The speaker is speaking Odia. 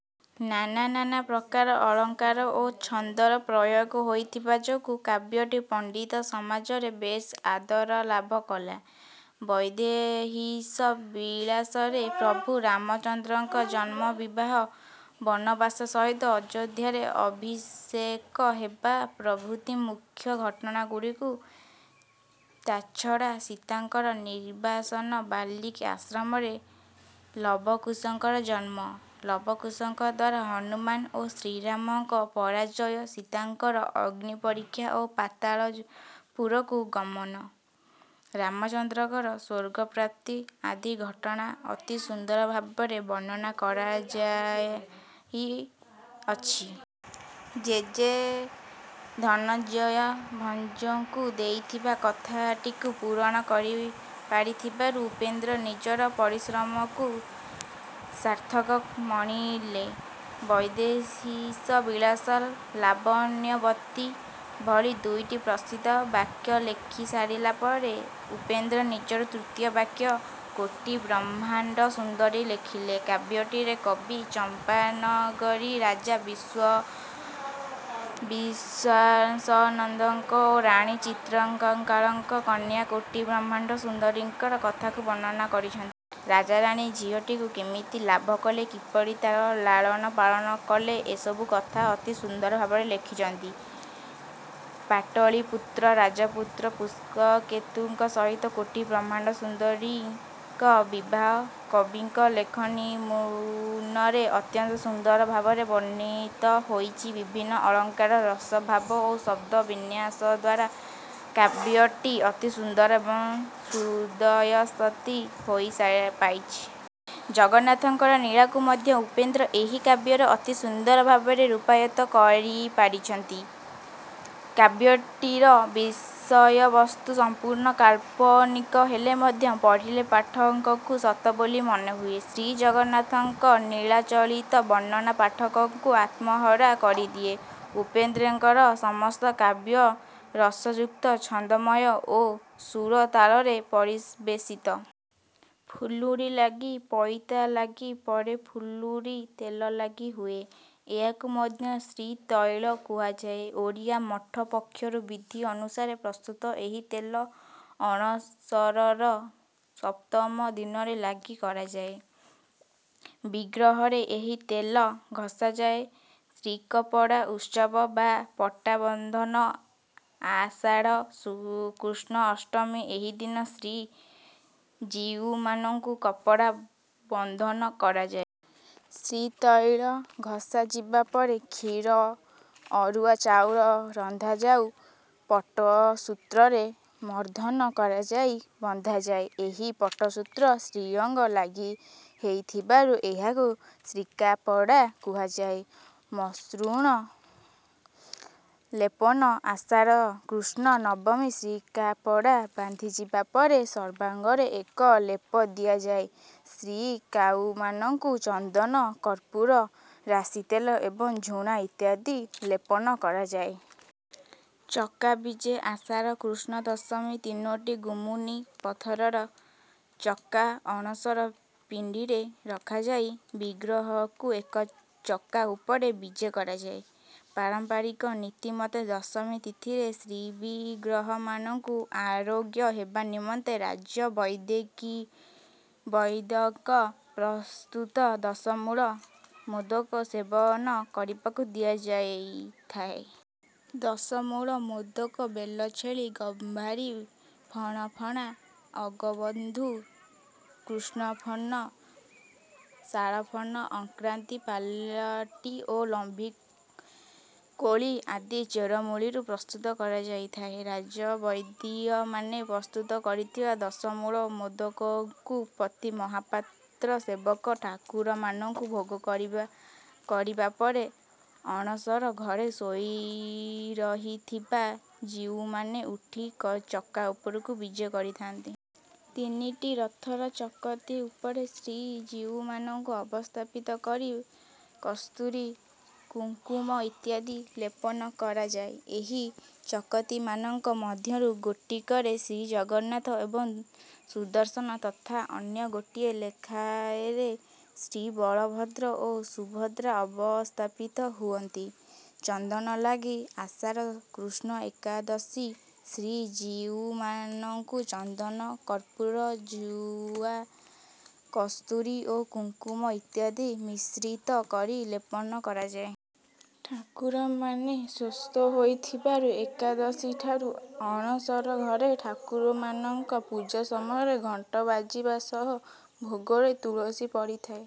ନାନା ପ୍ରକାର ଅଳଙ୍କାର ଓ ଛନ୍ଦର ପ୍ରୟୋଗ ହୋଇଥିବା ଯୋଗୁଁ କାବ୍ୟଟି ପଣ୍ଡିତ ସମାଜରେ ବେଶ୍ ଆଦରଲାଭ କଲା। "ବୈଦେହୀଶ ବିଳାସ"ରେ ପ୍ରଭୁ ରାମଚନ୍ଦ୍ରଙ୍କ ଜନ୍ମ, ବିବାହ, ବନବାସ ସହିତ ଅଯୋଧ୍ୟାରେ ଅଭିଷେକ ହେବା ପ୍ରଭୃତି ମୁଖ୍ୟ ଘଟଣାଗୁଡିକୁ ତାଛଡା ସୀତାଙ୍କର ନିର୍ବାସନ, ବାଲ୍ମୀକି ଆଶ୍ରମରେ ଲବକୁଶଙ୍କର ଜନ୍ମ, ଲବକୁଶଙ୍କଦ୍ୱାରା ହନୁମାନ ଓ ଶ୍ରୀରାମଙ୍କ ପରାଜୟ, ସୀତାଙ୍କର ଅଗ୍ନି ପରୀକ୍ଷା ଓ ପାତାଳପୁରକୁ ଗମନ, ରାମଚନ୍ଦ୍ରଙ୍କର ସ୍ୱର୍ଗପ୍ରାପ୍ତି ଆଦି ଘଟଣା ଅତି ସୁନ୍ଦର ଭାବରେ ବର୍ଣ୍ଣନା କରାଯାଆଇଅଛି। ଜେଜେ ଧନଞ୍ଜୟ ଭଞ୍ଜଙ୍କୁ ଦେଇଥିବା କଥାଟିକୁ ପୂରଣ କରିପାରିଥିବାରୁ ଉପେନ୍ଦ୍ର ନିଜର ପରିଶ୍ରମକୁ ସାର୍ଥକ ମଣିଲେ। "ବୈଦେହୀଶ ବିଳାସ", "ଲାବଣ୍ୟବତୀ" ଭଳି ଦୁଇଟି ପ୍ରସିଦ୍ଧ କାବ୍ୟ ଲେଖିସାରିଲା ପରେ ଉପେନ୍ଦ୍ର ନିଜର ତୃତୀୟ କାବ୍ୟ "କୋଟି ବ୍ରହ୍ମାଣ୍ଡ ସୁନ୍ଦରୀ" ଲେଖିଲେ। କାବ୍ୟଟିରେ କବି ଚମ୍ପାନଗରୀର ରାଜା ବିଶ୍ୱାସନନ୍ଦକ ଓ ରାଣୀ ବିଚିତ୍ରକଳାଙ୍କର କନ୍ୟା କୋଟି ବ୍ରହ୍ମାଣ୍ଡ ସୁନ୍ଦରୀଙ୍କର କଥାକୁ ବର୍ଣ୍ଣନା କରିଛନ୍ତି. ରାଜାରାଣୀ ଝିଅଟିକୁ କେମିତି ଲାଭ କଲେ, କିପରି ତାର ଲାଳନ ପାଳନ କଲେ ଏସବୁ କଥା ଅତି ସୁନ୍ଦର ଭାବରେ ଲେଖିଛନ୍ତି। ପାଟଳିପୁତ୍ରର ରାଜପୁତ୍ର ପୁଷ୍ପକେତୁଙ୍କ ସହିତ କୋଟି ବ୍ରହ୍ମାଣ୍ଡ ସୁନ୍ଦରୀଙ୍କ ବିବାହ କବିଙ୍କ ଲେଖନୀମୁନରେ ଅତ୍ୟନ୍ତ ସୁନ୍ଦର ଭାବରେ ବର୍ଣ୍ଣିତ ହୋଇଛି. ବିଭିନ୍ନ ଅଳଙ୍କାର, ରସ, ଭାବ ଓ ଶବ୍ଦ ବିନ୍ୟାସଦ୍ୱାରା କାବ୍ୟଟି ଅତି ସୁନ୍ଦର ଏବଂ ହୃଦୟସ୍ପର୍ଶୀ ହୋଇପାରିଛି. ଜଗନ୍ନାଥଙ୍କର ଲୀଳାକୁ ମଧ୍ୟ ଉପେନ୍ଦ୍ର ଏହି କାବ୍ୟରେ ଅତି ସୁନ୍ଦର ଭାବରେ ରୂପାୟିତ କରିପାରିଛନ୍ତି। କାବ୍ୟଟିର ବିଷୟବସ୍ତୁ ସମ୍ପୁର୍ଣ୍ଣ କାଳ୍ପନିକ ହେଲେ ମଧ୍ୟ ପଢ଼ିଲେ ପାଠକଙ୍କୁ ସତ ବୋଲି ମନେ ହୁଏ। ଶ୍ରୀଜଗନ୍ନାଥଙ୍କ ଲୀଳାଚରିତ ବର୍ଣ୍ଣନା ପାଠକକୁ ଆତ୍ମହରା କରିଦିଏ। ଉପେନ୍ଦ୍ରଙ୍କର ସମସ୍ତ କାବ୍ୟ ରସଯୁକ୍ତ, ଛନ୍ଦମୟ ଓ ସୁର-ତାଳରେ ପରିବେଷିତ। ଫୁଲୁରି ଲାଗି: ପଇତା ଲାଗି ପରେ ଫୁଲୁରି ତେଲ ଲାଗି ହୁଏ। ଏହାକୁ ମଧ୍ୟ 'ଶ୍ରୀତୈଳ' କୁହାଯାଏ। ଓଡ଼ିଆ ମଠ ପକ୍ଷରୁ ବିଧି ଅନୁସାରେ ପ୍ରସ୍ତୁତ ଏହି ତେଲ ଅଣସରର ସପ୍ତମ ଦିନରେ ଲାଗି କରାଯାଏ। ବିଗ୍ରହରେ ଏହି ତେଲ ଘଷାଯାଏ। ଶ୍ରୀକପଡ଼ା ଉତ୍ସବ ବା ପଟ୍ଟାବନ୍ଧନ: ଆଷାଢ଼ କୃଷ୍ଣ ଅଷ୍ଟମୀ: ଏହିଦିନ ଶ୍ରୀ ଜୀଉମାନଙ୍କୁ କପଡ଼ା ବନ୍ଧନ କରାଯାଏ। ଶ୍ରୀତୈଳ ଘଷାଯିବା ପରେ କ୍ଷୀର, ଅରୁଆ ଚାଉଳ ରନ୍ଧାଯାଇ ପଟସୂତ୍ରରେ ମର୍ଦ୍ଦନ କରାଯାଇ ବନ୍ଧାଯାଏ। ଏହି ପଟସୂତ୍ର ଶ୍ରୀଅଙ୍ଗ ଲାଗି ହେଇଥିବାରୁ ଏହାକୁ 'ଶ୍ରୀକାପଡ଼ା' କୁହାଯାଏ। ମସୃଣ ଲେପନ: ଆଷାଢ଼ କୃଷ୍ଣ ନବମୀ: ଶ୍ରୀକାପଡ଼ା ବନ୍ଧାଯିବା ପରେ ସର୍ବାଙ୍ଗରେ ଏକ ଲେପ ଦିଆଯାଏ। ଶ୍ରୀ ଜୀଉମାନଙ୍କୁ ଚନ୍ଦନ, କର୍ପୂର, ରାଶିତେଲ, ଏବଂ ଝୁଣା ଇତ୍ୟାଦି ଲେପନ କରାଯାଏ। ଚକା ବିଜେ: ଆଷାଢ଼ କୃଷ୍ଣ ଦଶମୀ: ତିନୋଟି ମୁଗୁନି ପଥରର ଚକା ଅଣସର ପିଣ୍ଡିରେ ରଖାଯାଇ ବିଗ୍ରହଙ୍କୁ ଏକ ଚକା ଉପରେ ବିଜେ କରାଯାଏ। ପାରମ୍ପରିକ ରୀତି ମତେ ଦଶମୀ ତିଥିରେ ଶ୍ରୀବିଗ୍ରହମାନଙ୍କୁ ଆରୋଗ୍ୟ ହେବା ନିମନ୍ତେ ରାଜବୈଦ୍ୟଙ୍କ ପ୍ରସ୍ତୁତ ଦଶମୂଳ ମୋଦକ ସେବନ କରିବାକୁ ଦିଆଯାଇଥାଏ। ଦଶମୂଳ ମୋଦକ ବେଲଛେଲି, ଗମ୍ଭାରୀ, ଫଣଫଣା, ଅଗବଥୁ, କୃଷ୍ଣପର୍ଣ୍ଣି, ଶାଳପର୍ଣ୍ଣି, ଅକ୍ରାନ୍ତି, ପାଟେଳି ଓ ଲମ୍ବି କୋଳି ଆଦି ଚେରମୂଳିରୁ ପ୍ରସ୍ତୁତ କରାଯାଇଥାଏ। ରାଜବୈଦ୍ୟମାନେ ପ୍ରସ୍ତୁତ କରିଥିବା ଦଶମୂଳ ମୋଦକକୁ ପତି ମହାପାତ୍ର ସେବକ ଠାକୁରମାନଙ୍କୁ ଭୋଗ କରିବା କରିବା ପରେ ଅଣସର ଘରେ ଶୋଇରହିଥିବା ଜୀଉମାନେ ଉଠି ଚକା ଉପରକୁ ବିଜେ କରିଥାନ୍ତି। ତିନିଟି ପଥର ଚକତି ଉପରେ ଶ୍ରୀ ଜୀଉମାନଙ୍କୁ ଅବସ୍ଥାପିତ କରି କସ୍ତୁରି, କୁଙ୍କୁମ ଇତ୍ୟାଦି ଲେପନ କରାଯାଏ। ଏହି ଚକତିମାନଙ୍କ ମଧ୍ୟରୁ ଗୋଟିକରେ ଶ୍ରୀଜଗନ୍ନାଥ ଏବଂ ସୁଦର୍ଶନ ତଥା ଅନ୍ୟ ଗୋଟିଏ ଲେଖାଁଏରେ ଶ୍ରୀବଳଭଦ୍ର ଓ ସୁଭଦ୍ରା ଅବସ୍ଥାପିତ ହୁଅନ୍ତି। ଚନ୍ଦନ ଲାଗି: ଆଷାଢ଼ କୃଷ୍ଣ ଏକାଦଶୀ: ଶ୍ରୀ ଜୀଉମାନଙ୍କୁ ଚନ୍ଦନ, କର୍ପୂର, ଚୁଆ, କସ୍ତୁରୀ ଓ କୁଙ୍କୁମ ଇତ୍ୟାଦି ମିଶ୍ରିତ କରି ଲେପନ କରାଯାଏ। ଠାକୁରମାନେ ସୁସ୍ଥ ହୋଇଥିବାରୁ ଏକାଦଶୀଠାରୁ ଅଣସର ଘରେ ଠାକୁରମାନଙ୍କ ପୂଜା ସମୟରେ ଘଣ୍ଟ ବାଜିବା ସହ, ଭୋଗରେ ତୁଳସୀ ପଡ଼ିଥାଏ।